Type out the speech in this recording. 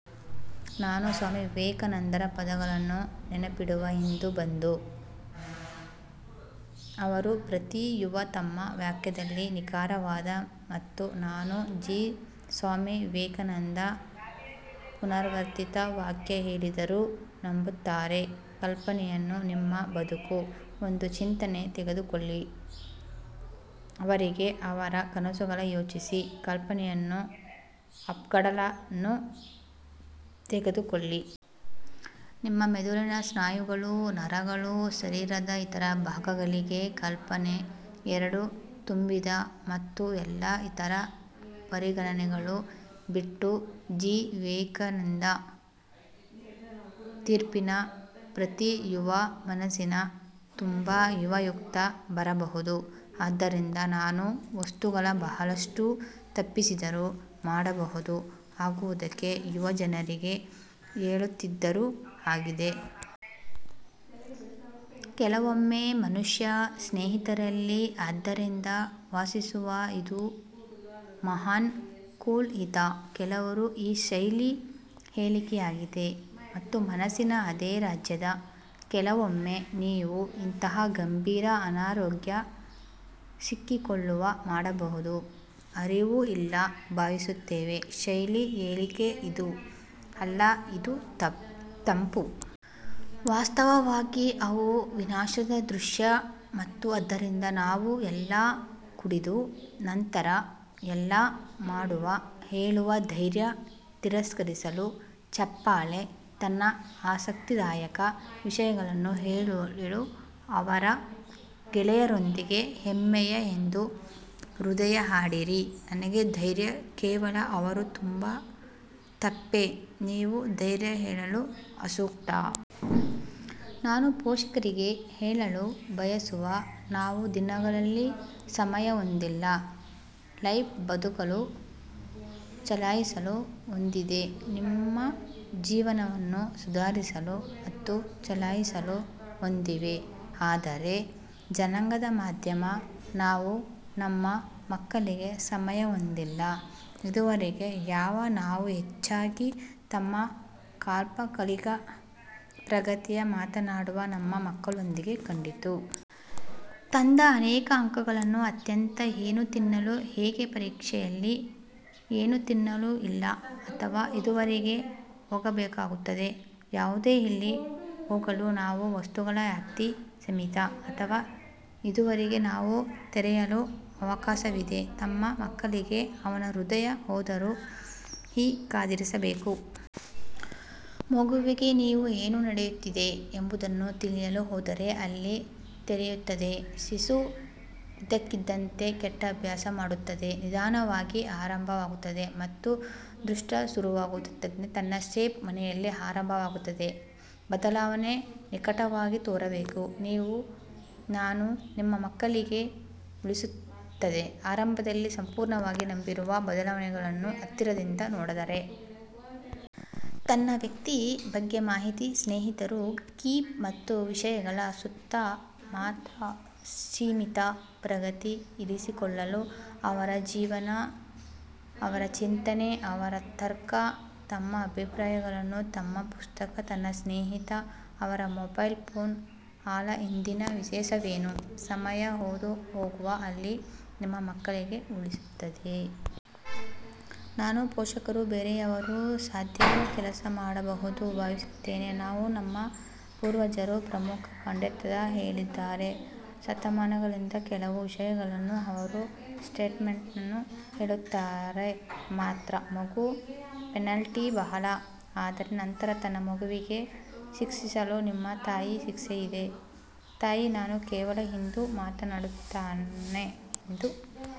ನಾನು ಸ್ವಾಮಿ ವಿವೇಕಾನಂದರ ಪದಗಳನ್ನು ನೆನಪಿಡುವ ಇಂದು ಬಂದು. ಅವರು ಪ್ರತಿ ಯುವ ತಮ್ಮ ವಾಕ್ಯದಲ್ಲಿ ನಿಖರವಾದ ಮತ್ತು ನಾನು ಜಿ ಸ್ವಾಮಿ ವಿವೇಕಾನಂದ ಪುನರಾವರ್ತಿತ ವಾಕ್ಯ ಹೇಳಿದರು ನಂಬುತ್ತಾರೆ ಕಲ್ಪನೆಯನ್ನು ನಿಮ್ಮ ಬದುಕು, ಒಂದು ಚಿಂತನೆ ತೆಗೆದುಕೊಳ್ಳಿ. ಅವರಿಗೆ, ಅವರ ಕನಸುಗಳ ಯೋಚಿಸಿ. ಕಲ್ಪನೆಯನ್ನು ಅಪ್ಗಳನ್ನು ತೆಗೆದುಕೊಳ್ಳಿ. ನಿಮ್ಮ ಮೆದುಳಿನ, ಸ್ನಾಯುಗಳು, ನರಗಳು, ಶರೀರದ ಇತರ ಭಾಗಗಳಿಗೆ ಕಲ್ಪನೆ ಎರಡು ತುಂಬಿದ ಮತ್ತು ಎಲ್ಲಾ ಇತರ ಪರಿಗಣನೆಗಳು ಬಿಟ್ಟು. ಜಿ ವಿವೇಕಾನಂದ ತೀರ್ಪಿನ ಪ್ರತಿ ಯುವ ಮನಸ್ಸಿನ, ತುಂಬಾ ಉಪಯುಕ್ತ ಬರಬಹುದು ಆದ್ದರಿಂದ, ನಾನು ವಸ್ತುಗಳ ಬಹಳಷ್ಟು ತಪ್ಪಿಸಿದರು ಮಾಡಬಹುದು ಆಗುವುದಕ್ಕೆ ಯುವ ಜನರಿಗೆ ಹೇಳುತ್ತಿದ್ದರು ಆಗಿದೆ. ಕೆಲವೊಮ್ಮೆ ಮನುಷ್ಯ ಸ್ನೇಹಿತರಲ್ಲಿ ಆದ್ದರಿಂದ ವಾಸಿಸುವ ಇದು ಮಹಾನ್ ಕೂಲ್ ಹಿತ. ಕೆಲವರು ಈ ಶೈಲಿ ಹೇಳಿಕೆಯಾಗಿದೆ ಮತ್ತು ಮನಸ್ಸಿನ ಅದೇ ರಾಜ್ಯದ, ಕೆಲವೊಮ್ಮೆ ನೀವು ಇಂತಹ ಗಂಭೀರ ಅನಾರೋಗ್ಯ ಸಿಕ್ಕಿಹಾಕಿಕೊಳ್ಳುವ ಮಾಡಬಹುದು, ಅರಿವು ಇಲ್ಲ ಭಾವಿಸುತ್ತೇನೆ. ಶೈಲಿ ಹೇಳಿಕೆ ಇದು ಅಲ್ಲ ಇದು ತಂಪು. ವಾಸ್ತವವಾಗಿ, ಅವು ವಿನಾಶದ ದೃಶ್ಯ ಮತ್ತು ಆದ್ದರಿಂದ ನಾವು ಎಲ್ಲಾ ಕುಡಿದು, ನಂತರ 'ಇಲ್ಲ', ಮಾಡುವ, ಹೇಳುವ ಧೈರ್ಯ ತಿರಸ್ಕರಿಸಲು, ಚಪ್ಪಾಳೆ ತನ್ನ ಆಸಕ್ತಿದಾಯಕ ವಿಷಯಗಳನ್ನು ಹೇಳಲು ಅವರ ಗೆಳೆಯರೊಂದಿಗೆ ಹೆಮ್ಮೆಯ ಎಂದು ಹೃದಯ ಹಾಡಿರಿ ನನಗೆ ಧೈರ್ಯ ಕೇವಲ ಅವರು ತುಂಬಾ ತಪ್ಪೇ, ನೀವು ಧೈರ್ಯ ಹೇಳಲು ಅಸೂಕ್ತ. ನಾನು ಪೋಷಕರಿಗೆ ಹೇಳಲು ಬಯಸುವ. ನಾವು ದಿನಗಳಲ್ಲಿ ಸಮಯ ಹೊಂದಿಲ್ಲ. ಲೈಫ್ ಬದುಕಲು ಚಲಾಯಿಸಲು ಹೊಂದಿದೆ. ನಿಮ್ಮ ಜೀವನವನ್ನು ಸುಧಾರಿಸಲು ಮತ್ತು ಚಲಾಯಿಸಲು ಹೊಂದಿವೆ. ಆದರೆ ಜನಾಂಗದ ಮಧ್ಯಮ, ನಾವು ನಮ್ಮ ಮಕ್ಕಳಿಗೆ ಸಮಯ ಹೊಂದಿಲ್ಲ? ಇದುವರೆಗೆ ಯಾವ ನಾವು ಹೆಚ್ಚಾಗಿ ತಮ್ಮ ಅಲ್ಪಕಾಲಿಕ ಪ್ರಗತಿಯ ಮಾತನಾಡುವ ನಮ್ಮ ಮಕ್ಕಳೊಂದಿಗೆ ಕಂಡಿತು. ತಂದ ಅನೇಕ ಅಂಕಗಳನ್ನು ಅತ್ಯಂತ ಏನು ತಿನ್ನಲು ಹೇಗೆ ಪರೀಕ್ಷೆಯಲ್ಲಿ? ಏನು ತಿನ್ನಲು ಇಲ್ಲ ಅಥವಾ ಇದುವರೆಗೆ ಹೋಗಬೇಕಾಗುತ್ತದೆ? ಯಾವುದೇ ಅಲ್ಲಿ ಹೋಗಲು ನಾವು ವಸ್ತುಗಳ ವ್ಯಾಪ್ತಿ ಸೀಮಿತ. ಅಥವಾ ಇದುವರೆಗೆ ನಾವು ತೆರೆಯಲು ಅವಕಾಶವಿದೆ ತಮ್ಮ ಮಕ್ಕಳಿಗೆ ಅವನ ಹೃದಯ ಹೋದರು? ಈ ಕಾದಿರಿಸಬೇಕು. ಮಗುವಿಗೆ ನೀವು ಏನು ನಡೆಯುತ್ತಿದೆ ಎಂಬುದನ್ನು ತಿಳಿಯಲು ಹೋದರೆ ಅಲ್ಲಿ ತೆರೆಯುತ್ತದೆ. ಶಿಶು ಇದ್ದಕ್ಕಿದ್ದಂತೆ ಕೆಟ್ಟ ಅಭ್ಯಾಸ ಮಾಡುತ್ತದೆ ನಿಧಾನವಾಗಿ ಆರಂಭವಾಗುತ್ತದೆ ಮತ್ತು ದುಷ್ಟ ಶುರುವಾಗುತ್ತಿದ್ದಂತೆ ತನ್ನ ಶಿಫ್ಟ್ ಮನೆಯಲ್ಲಿ ಆರಂಭವಾಗುತ್ತದೆ. ಬದಲಾವಣೆ ನಿಕಟವಾಗಿ ತೋರಬೇಕು. ನೀವು ನಾನು ನಿಮ್ಮ ಮಕ್ಕಳಿಗೆ ಉಳಿಸುತ್ತದೆ ಆರಂಭದಲ್ಲಿ ಸಂಪೂರ್ಣವಾಗಿ ನಂಬಿರುವ ಬದಲಾವಣೆಗಳನ್ನು ಹತ್ತಿರದಿಂದ ನೋಡಿದರೆ. ತನ್ನ ವ್ಯಕ್ತಿ ಬಗ್ಗೆ ಮಾಹಿತಿ ಸ್ನೇಹಿತರು ಕೀಪ್ ಮತ್ತು ವಿಷಯಗಳ ಸುತ್ತ ಮಾತ್ರ ಸೀಮಿತ ಪ್ರಗತಿ ಇರಿಸಿಕೊಳ್ಳಲು. ಅವರ ಜೀವನ, ಅವರ ಚಿಂತನೆ, ಅವರ ತರ್ಕ, ತಮ್ಮ ಅಭಿಪ್ರಾಯಗಳನ್ನು ತಮ್ಮ ಪುಸ್ತಕ, ತನ್ನ ಸ್ನೇಹಿತ, ಅವರ ಮೊಬೈಲ್ ಫೋನ್ ಆಳ ಇಂದಿನ ವಿಶೇಷವೇನು? ಸಮಯ ಹಾದುಹೋಗುವ ಅಲ್ಲಿ, ನಿಮ್ಮ ಮಕ್ಕಳಿಗೆ ಉಳಿಸುತ್ತದೆ. ನಾನು ಪೋಷಕರು ಬೇರೆಯವರು ಸಾಧ್ಯವೋ ಕೆಲಸ ಮಾಡಬಹುದು ಭಾವಿಸುತ್ತೇನೆ. ನಾವು ನಮ್ಮ ಪೂರ್ವಜರು ಪ್ರಮುಖ ಪಾಂಡಿತ್ಯದ ಹೇಳಿದ್ದಾರೆ ಶತಮಾನಗಳಿಂದ ಕೆಲವು ವಿಷಯಗಳನ್ನು. ಅವರು ಸ್ಟೇಟ್ಸ್ಮನ್ ಹೇಳುತ್ತಾರೆ ಮಾತ್ರ. ಮಗು ಪೆನಾಲ್ಟಿ ಬಹಳ. ಆದರೆ ನಂತರ ತನ್ನ ಮಗುವಿಗೆ ಶಿಕ್ಷಿಸಲು ನಿಮ್ಮ ತಾಯಿ ಶಿಕ್ಷೆ ಇದೆ. ತಾಯಿ ನಾನು ಕೇವಲ ಇಂದು ಮಾತನಾಡುತ್ತಾನೆ ಎಂದು